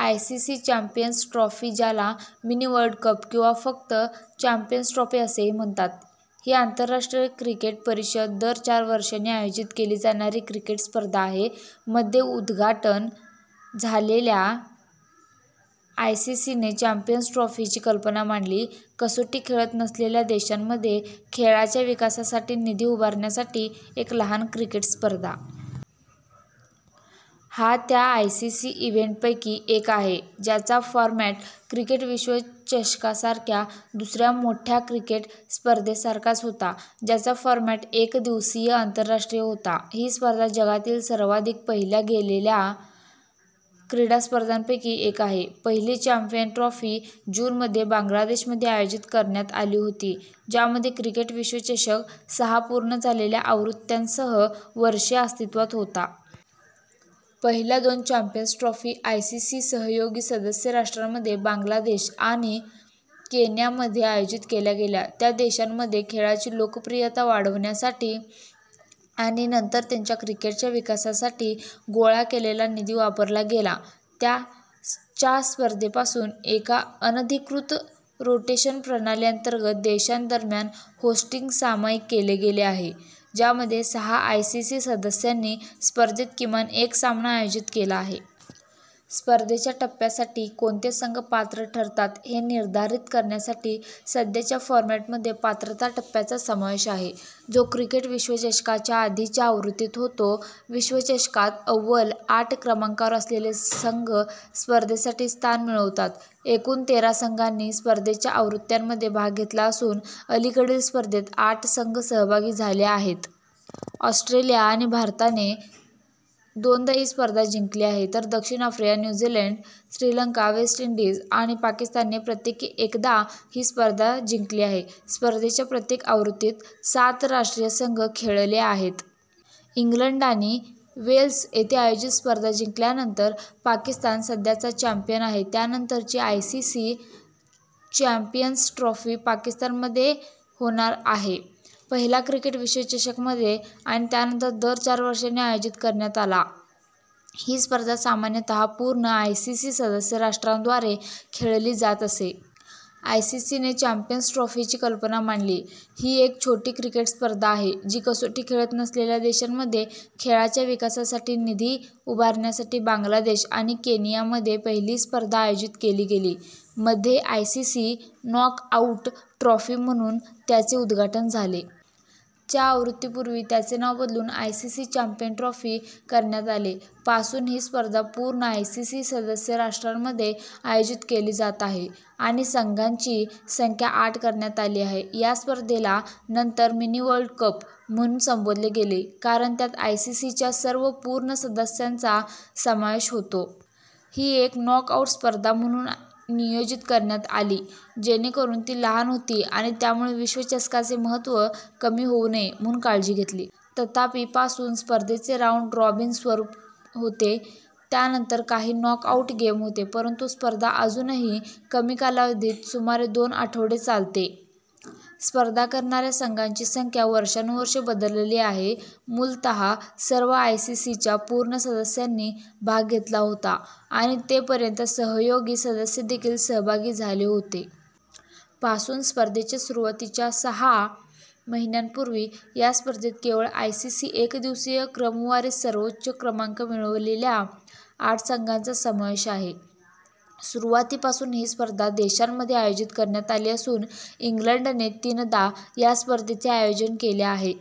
ICC champions trophy, ज्याला " mini world cup " किंवा फक्त " चॅम्पियन्स ट्रॉफी " असेही म्हणतात, ही आंतरराष्ट्रीय क्रिकेट परिषद दर चार वर्षांनी आयोजित केली जाणारी क्रिकेट स्पर्धा आहे. मध्ये उद्घाटन झालेल्या, आयसीसीने चॅम्पियन्स ट्रॉफीची कल्पना मांडली – कसोटी खेळत नसलेल्या देशांमध्ये खेळाच्या विकासासाठी निधी उभारण्यासाठी एक लहान क्रिकेट स्पर्धा. हा त्या आयसीसी इव्हेंटपैकी एक आहे ज्याचा फॉरमॅट क्रिकेट विश्वचषकासारख्या दुसऱ्या मोठ्या क्रिकेट स्पर्धेसारखाच होता, ज्याचा फॉरमॅट एक दिवसीय आंतरराष्ट्रीय होता. ही स्पर्धा जगातील सर्वाधिक पाहिल्या गेलेल्या क्रीडा स्पर्धांपैकी एक आहे. पहिली चॅम्पियन्स ट्रॉफी जून मध्ये बांगलादेशमध्ये आयोजित करण्यात आली होती, ज्यामध्ये क्रिकेट विश्वचषक सहा पूर्ण झालेल्या आवृत्त्यांसह वर्षे अस्तित्वात होता. पहिल्या दोन चॅम्पियन्स ट्रॉफी आयसीसी सहयोगी सदस्य राष्ट्रांमध्ये बांगलादेश आणि केन्यामध्ये आयोजित केल्या गेल्या, त्या देशांमध्ये खेळाची लोकप्रियता वाढवण्यासाठी आणि नंतर त्यांच्या क्रिकेटच्या विकासासाठी गोळा केलेला निधी वापरला गेला. च्या स्पर्धेपासून, एका अनधिकृत रोटेशन प्रणाली अंतर्गत देशांदरम्यान होस्टिंग सामायिक केले गेले आहे, ज्यामध्ये सहा आयसीसी सदस्यांनी स्पर्धेत किमान एक सामना आयोजित केला आहे. स्पर्धेच्या टप्प्यासाठी कोणते संघ पात्र ठरतात हे निर्धारित करण्यासाठी सध्याच्या फॉरमॅटमध्ये पात्रता टप्प्याचा समावेश आहे, जो क्रिकेट विश्वचषकाच्या आधीच्या आवृत्तीत होतो. विश्वचषकात अव्वल आठ क्रमांकावर असलेले संघ स्पर्धेसाठी स्थान मिळवतात. एकूण तेरा संघांनी स्पर्धेच्या आवृत्त्यांमध्ये भाग घेतला असून, अलीकडील स्पर्धेत आठ संघ सहभागी झाले आहेत. ऑस्ट्रेलिया आणि भारताने दोनदा ही स्पर्धा जिंकली आहे, तर दक्षिण Africa, new Zealand, Sri Lanka, West Indies आणि पाकिस्तानने प्रत्येकी एकदा ही स्पर्धा जिंकली आहे. स्पर्धेच्या प्रत्येक आवृत्तीत सात राष्ट्रीय संघ खेळले आहेत. इंग्लंड आणि वेल्स येथे आयोजित स्पर्धा जिंकल्यानंतर पाकिस्तान सध्याचा चॅम्पियन आहे. त्यानंतरची आयसीसी चॅम्पियन्स ट्रॉफी पाकिस्तानमध्ये होणार आहे. पहिला क्रिकेट विश्वचषक मध्ये आणि त्यानंतर दर चार वर्षांनी आयोजित करण्यात आला. ही स्पर्धा सामान्यतः पूर्ण आयसीसी सदस्य राष्ट्रांद्वारे खेळली जात असे. आयसीसीने चॅम्पियन्स ट्रॉफीची कल्पना मांडली – ही एक छोटी क्रिकेट स्पर्धा आहे जी कसोटी खेळत नसलेल्या देशांमध्ये खेळाच्या विकासासाठी निधी उभारण्यासाठी, बांगलादेश आणि केनियामध्ये पहिली स्पर्धा आयोजित केली गेली. मध्ये आयसीसी नॉकआउट ट्रॉफी म्हणून त्याचे उद्घाटन झाले. च्या आवृत्तीपूर्वी त्याचे नाव बदलून आयसीसी चॅम्पियन्स ट्रॉफी करण्यात आले. पासून, ही स्पर्धा पूर्ण आयसीसी सदस्य राष्ट्रांमध्ये आयोजित केली जात आहे आणि संघांची संख्या आठ करण्यात आली आहे. या स्पर्धेला नंतर मिनी-वर्ल्ड कप म्हणून संबोधले गेले कारण त्यात आयसीसीच्या सर्व पूर्ण सदस्यांचा समावेश होता, ही एक नॉक-आउट स्पर्धा म्हणून नियोजित करण्यात आली जेणेकरून ती लहान होती आणि त्यामुळे विश्वचषकाचे महत्त्व कमी होऊ नये म्हणून काळजी घेतली. तथापि, पासून, स्पर्धेचे राऊंड-रॉबिन स्वरूप होते, त्यानंतर काही नॉकआउट गेम होते परंतु स्पर्धा अजूनही कमी कालावधीत सुमारे दोन आठवडे चालते. स्पर्धा करणाऱ्या संघांची संख्या वर्षानुवर्षे बदलली आहे; मूलतः सर्व आयसीसीच्या पूर्ण सदस्यांनी भाग घेतला होता आणि ते पर्यंत सहयोगी सदस्य देखील सहभागी झाले होते. पासून, स्पर्धेच्या सुरुवातीच्या सहा महिन्यांपूर्वी या स्पर्धेत केवळ आयसीसी एकदिवसीय क्रमवारीत सर्वोच्च क्रमांक मिळविलेल्या आठ संघांचा समावेश आहे. सुरुवातीपासून ही स्पर्धा देशांमध्ये आयोजित करण्यात आली असून, इंग्लंडने तीनदा या स्पर्धेचे आयोजन केले आहे.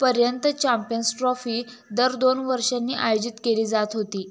पर्यंत चॅम्पियन्स ट्रॉफी दर दोन वर्षांनी आयोजित केली जात होती.